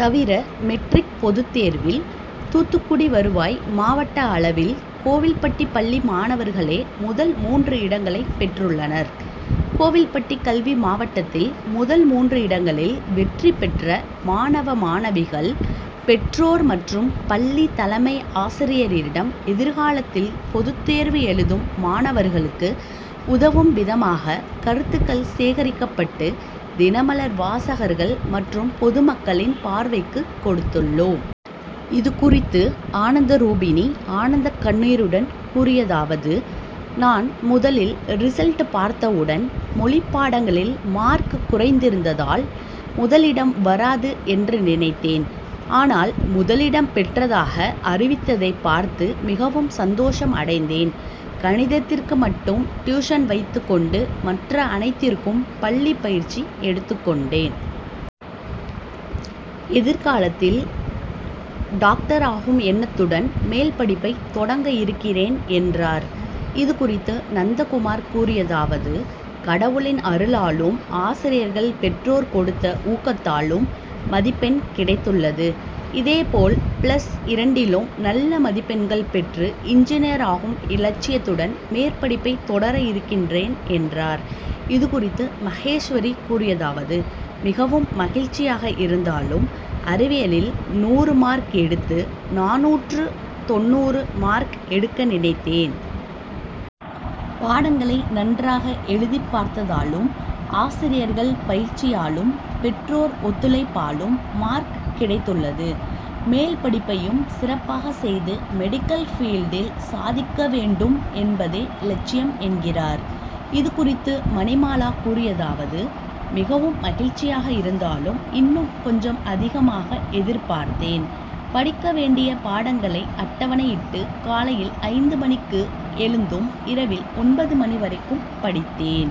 தவிர மெட்ரிக் பொதுத்தேர்வில் தூத்துக்குடி வருவாய் மாவட்ட அளவில் கோவில்பட்டி பள்ளி மாணவர்களே முதல் மூன்று இடங்களை பெற்றுள்ளனர். கோவில்பட்டி கல்வி மாவட்டத்தில் முதல் மூன்று இடங்களில் வெற்றி பெற்ற மாணவ மாணவிகள், பெற்றோர் மற்றும் பள்ளி தலைமை ஆசிரியரிடம் எதிர்காலத்தில் பொதுத்தேர்வு எழுதும் மாணவர்களுக்கு உதவும் விதமாக கருத்துக்கள் சேகரிக்கப்பட்டு தினமலர் வாசகர்கள் மற்றும் பொதுமக்களின் பார்வைக்கு கொடுத்துள்ளோம். இதுகுறித்து ஆனந்தரூபிணி ஆனந்தக்கண்ணீருடன் கூறியதாவது, நான் முதலில் ரிசல்டு பார்த்தவுடன் மொழிப்பாடங்களில் மார்க் குறைந்திருந்ததால் முதலிடம் வராது என்று நினைத்தேன். ஆனால் முதலிடம் பெற்றதாக அறிவித்ததை பார்த்து மிகவும் சந்தோஷம் அடைந்தேன். கணிதத்திற்கு மட்டும் டியூசன் வைத்துக் கொண்டு மற்ற அனைத்திற்கும் பள்ளி பயிற்சி எடுத்துக் கொண்டேன். எதிர்காலத்தில் டாக்டர் ஆகும் எண்ணத்துடன் மேல்படிப்பை தொடங்க இருக்கிறேன் என்றார். இதுகுறித்து நந்தகுமார் கூறியதாவது, கடவுளின் அருளாளும், ஆசிரியர்கள், பெற்றோர் கொடுத்த ஊக்கத்தாலும் மதிப்பெண் கிடைத்துள்ளது. இதேபோல் பிளஸ் இரண்டிலும் நல்ல மதிப்பெண்கள் பெற்று இன்ஜினியர் ஆகும் இலட்சியத்துடன் மேற்படிப்பை தொடர இருக்கிறேன் என்றார். இதுகுறித்து மகேஸ்வரி கூறியதாவது, மிகவும் மகிழ்ச்சியாக இருந்தாலும் அறிவியலில் நூறு மார்க் எடுத்து நானூற்று தொண்ணூறு மார்க் எடுக்க நினைத்தேன். பாடங்களை நன்றாக எழுதிப்பார்த்ததாலும், ஆசிரியர்கள் பயிற்சியாலும், பெற்றோர் ஒத்துழைப்பாலும் மார்க் கிடைத்துள்ளது. மேல்படிப்பையும் சிறப்பாக செய்து மெடிக்கல் பீல்டில் சாதிக்க வேண்டும் என்பதே லட்சியம் என்கிறார். இதுகுறித்து மணிமாலா கூறியதாவது, மிகவும் மகிழ்ச்சியாக இருந்தாலும், இன்னும் கொஞ்சம் அதிகமாக எதிர்பார்த்தேன். படிக்க வேண்டிய பாடங்களை அட்டவணையிட்டு காலையில் ஐந்து மணிக்கு எழுந்தும், இரவில் ஒன்பது மணி வரைக்கும் படித்தேன்.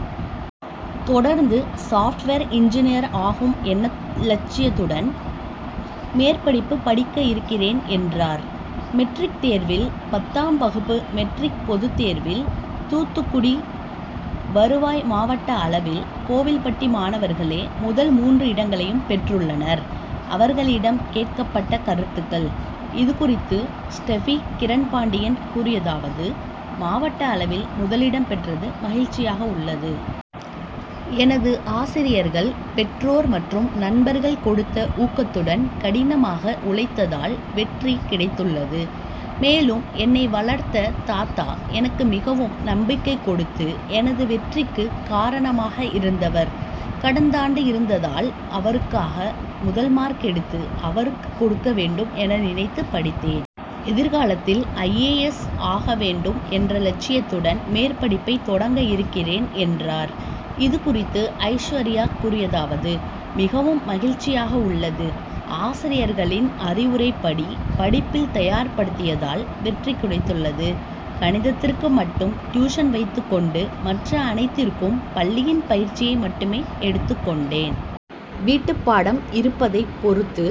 தொடர்ந்து சாப்ட்வேர் இன்ஜினியர் ஆகும் லட்சியத்துடன் மேற்படிப்பு படிக்க இருக்கிறேன் என்றார். மெட்ரிக் தேர்வில் பத்தாம் வகுப்பு மெட்ரிக் பொதுத்தேர்வில் தூத்துக்குடி வருவாய் மாவட்ட அளவில் கோவில்பட்டி மாணவர்களே முதல் மூன்று இடங்களையும் பெற்றுள்ளனர். அவர்களிடம் கேட்கப்பட்ட கருத்துக்கள். இதுகுறித்து ஸ்டெபி கிரண் பாண்டியன் கூறியதாவது, மாவட்ட அளவில் முதலிடம் பெற்றது மகிழ்ச்சியாக உள்ளது. எனது ஆசிரியர்கள், பெற்றோர் மற்றும் நண்பர்கள் கொடுத்த ஊக்கத்துடன் கடினமாக உழைத்ததால் வெற்றி கிடைத்துள்ளது. மேலும் என்னை வளர்த்த தாத்தா எனக்கு மிகவும் நம்பிக்கை கொடுத்து எனது வெற்றிக்கு காரணமாக இருந்தவர் கடந்தாண்டு இறந்ததால், அவருக்காக முதல்மார்க் எடுத்து அவருக்கு கொடுக்க வேண்டும் என நினைத்து படித்தேன். எதிர்காலத்தில் ஐஏஎஸ் ஆக வேண்டும் என்ற லட்சியத்துடன் மேற்படிப்பை தொடங்க இருக்கிறேன் என்றார். இதுகுறித்து ஐஸ்வர்யா கூறியதாவது, மிகவும் மகிழ்ச்சியாக உள்ளது. ஆசிரியர்களின் அறிவுரைப்படி படிப்பில் தயார்படுத்தியதால் வெற்றி கிடைத்துள்ளது. கணிதத்திற்கு மட்டும் டியூசன் வைத்துக் கொண்டு மற்ற அனைத்திற்கும் பள்ளியின் பயிற்சியை மட்டுமே எடுத்துக் கொண்டேன். வீட்டுப்பாடம் இருப்பதை பொறுத்து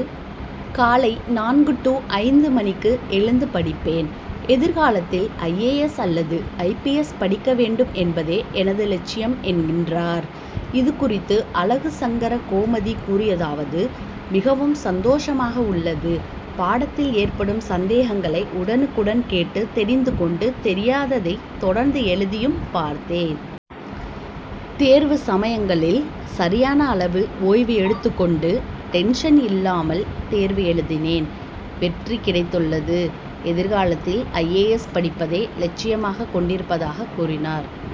காலை நான்கு டூ ஐந்து மணிக்கு எழுந்து படிப்பேன். எதிர்காலத்தில் ஐஏஎஸ் அல்லது ஐபிஎஸ் படிக்க வேண்டும் என்பதே எனது லட்சியம் என்கின்றார். இதுகுறித்து அழகுசங்கரகோமதி கூறியதாவது, மிகவும் சந்தோஷமாக உள்ளது. பாடத்தில் ஏற்படும் சந்தேகங்களை உடனுக்குடன் கேட்டு தெரிந்து கொண்டு, தெரியாததை தொடர்ந்து எழுதியும் பார்த்தேன். தேர்வு சமயங்களில் சரியான அளவு ஓய்வு எடுத்துக் கொண்டு டென்ஷன் இல்லாமல் தேர்வு எழுதினேன். வெற்றி கிடைத்துள்ளது. எதிர்காலத்தில் ஐஏஎஸ் படிப்பதே லட்சியமாக கொண்டிருப்பதாக கூறினார்.